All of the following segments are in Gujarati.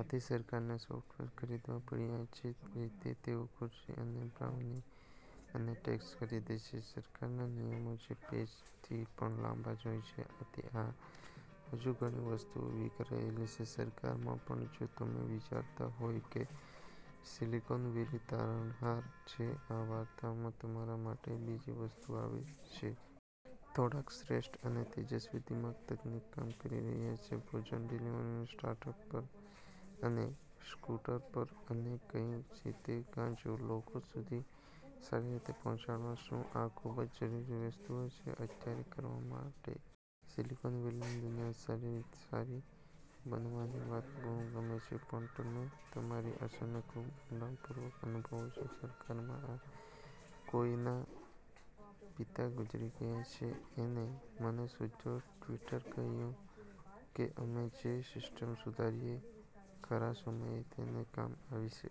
આથી સરકારને સોફ્ટવેર ખરીદવા પડ્યા જે રીતે તેઓ ખુરશી અને બ્રાઉની અને ટેંકસ ખરીદે છે: સરકારના નિયમો જે પેજ થી પણ લાંબા છે. આથી હા, હજુ ઘણી વસ્તુઓ વિખરાયેલી છે સરકારમાં. પણ જો તમે વિચારતા હોય કે સીલીકોન વેલી તારણહાર છે આ વાર્તામાં, તમારા માટે બીજી વસ્તુ આવે છે. થોડાક શ્રેષ્ઠ અને તેજસ્વી દિમાગ તકનીકીમાં કામ કરી રહ્યા છે ભોજન-ડિલિવરીના સ્ટાર્ટઅપ પર અને સ્કુટર પર. અને કઈ રીતે ગાંજો લોકો સુધી સારી રીતે પહોચાડવો શું આ ખુબ જરૂરી વસ્તુઓ છે અત્યારે કરવા માટે? સીલીકોન વેલીને દુનિયાને સારી બનવાની વાતો બહુ ગમે છે પણ તમે તમારી અસરને ખુબ ઊંડાણ પૂર્વક અનુભવો છો સરકારમાં. આ કોઈ ના પિતા ગુજરી ગયા છે. એને મને શોધ્યો ટ્વીટર પર કહ્યું કે અમે જે સીસ્ટમ સુધારી એ ખરા સમયે તેને કામ આવી.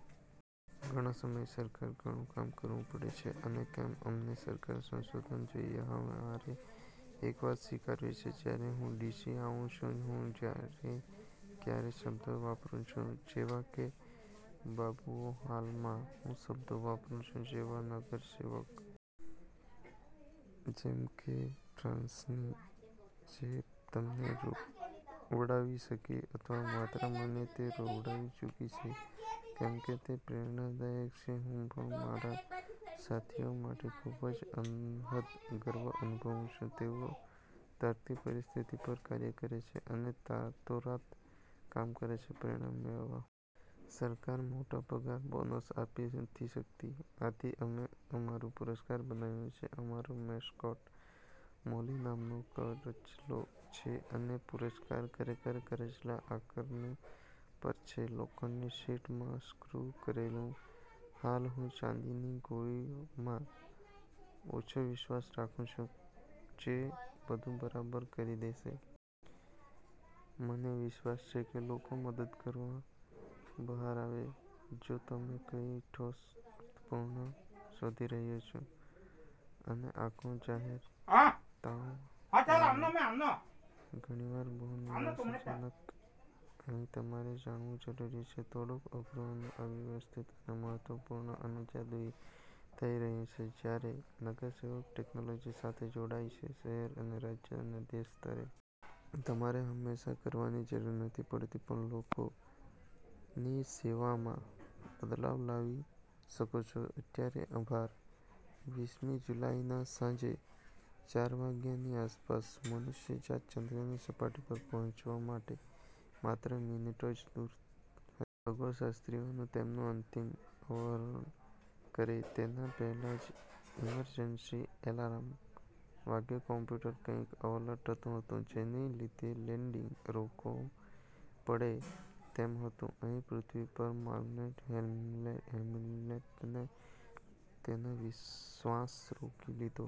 ઘણા સમય, સરકારને ઘણું કામ કરવું પડે છે અને કેમ અમને સરકારમાં સંશોધનો જોઈએ. હવે મારે એક વાત સ્વીકારવી છે. જયારે હું ડીસી આવું છું, હું ક્યારે શબ્દ વાપરું છું જેવા કે બાબુઓ હાલ માં, હું શબ્દો વાપરું છું જેવાકે નગર સેવક. જેમકે ફ્રાન્સીન, જે તમને રોવડાવી શકે છે. અથવા માત્ર મને, તે રોવડાવી ચુકી છે, કેમકે તે પ્રેરણાદાયક છે. હું પણ મારા સાથીઓ માટે ખુબ જ, અનહદ ગર્વ અનુભવું છું. તેઓ તર્કથી પરીસ્થિતિ પર કાર્ય કરે છે અને રાતોરાત કામ કરે છે પરિણામ મેળવવા. સરકાર મોટા પગાર ના બોનસ આપી નથી સકતી, આથી અમે અમારૂ પુરસ્કાર બનાવ્યું છે. અમારો મેસ્કોટ મોલી નામનો કરચલો છે. અને પુરસ્કાર ખરેખર કરચલાના આકારનું પર્સ છે, લોખંડની શીટ માં સ્ક્રુ કરેલું. હાલ, હું ચાંદીની ગોળીમાં ઓછો વિશ્વાસ રાખું છું જે બધું બરાબર કરી દેશે. મને વિશ્વાસ છે કે લોકો મદદ કરવા બહાર આવે. જો તમે કઈ ઠોસ અર્થપૂર્ણ શોધી રહ્યા છો -- અને આખું જાહેરાતવાળું, ઘણીવાર બહુ નિરાશાજનક-- અહી તમારે જાણવું જરૂરી છે. થોડુક અઘરું અને અવ્યવસ્થિત અને મહત્વપૂર્ણ અને જાદુઈ થઇ રહ્યું છે જયારે નગર સેવકો ટેકનોલોજી સાથે જોડાઈ છે શહેર અને રાજ્ય અને દેશ સ્તરે. તમારે હમેશા કરવાની જરૂર નથી પડતી. પણ તમે લોકોની સેવામાં બદલાવ લાવી શકો છો અત્યારે. આભાર. વીસ મી જુલાઈ ના સાંજે ચાર વાગ્યાની આસપાસ મનુષ્યજાત ચંદ્રની સપાટી પર પહોંચવા માટે માત્ર મિનિટો જ દૂર હતી। ખગોળશાસ્ત્રીઓ તેમનું અંતિમ અવરોહણ કરે તેના પહેલા જ ઇમરજન્સી એલાર્મ વાગ્યો. કોમ્પ્યુટરમાં કઈંક ઓવરલોડ થતું હતું, જેને લીધે લેન્ડિંગ રોકવું પડે તેમ હતું. અહીં પૃથ્વી પર, માર્ગારેટ હેમિલ્ટને તેનો શ્વાસ રોકી લીધો.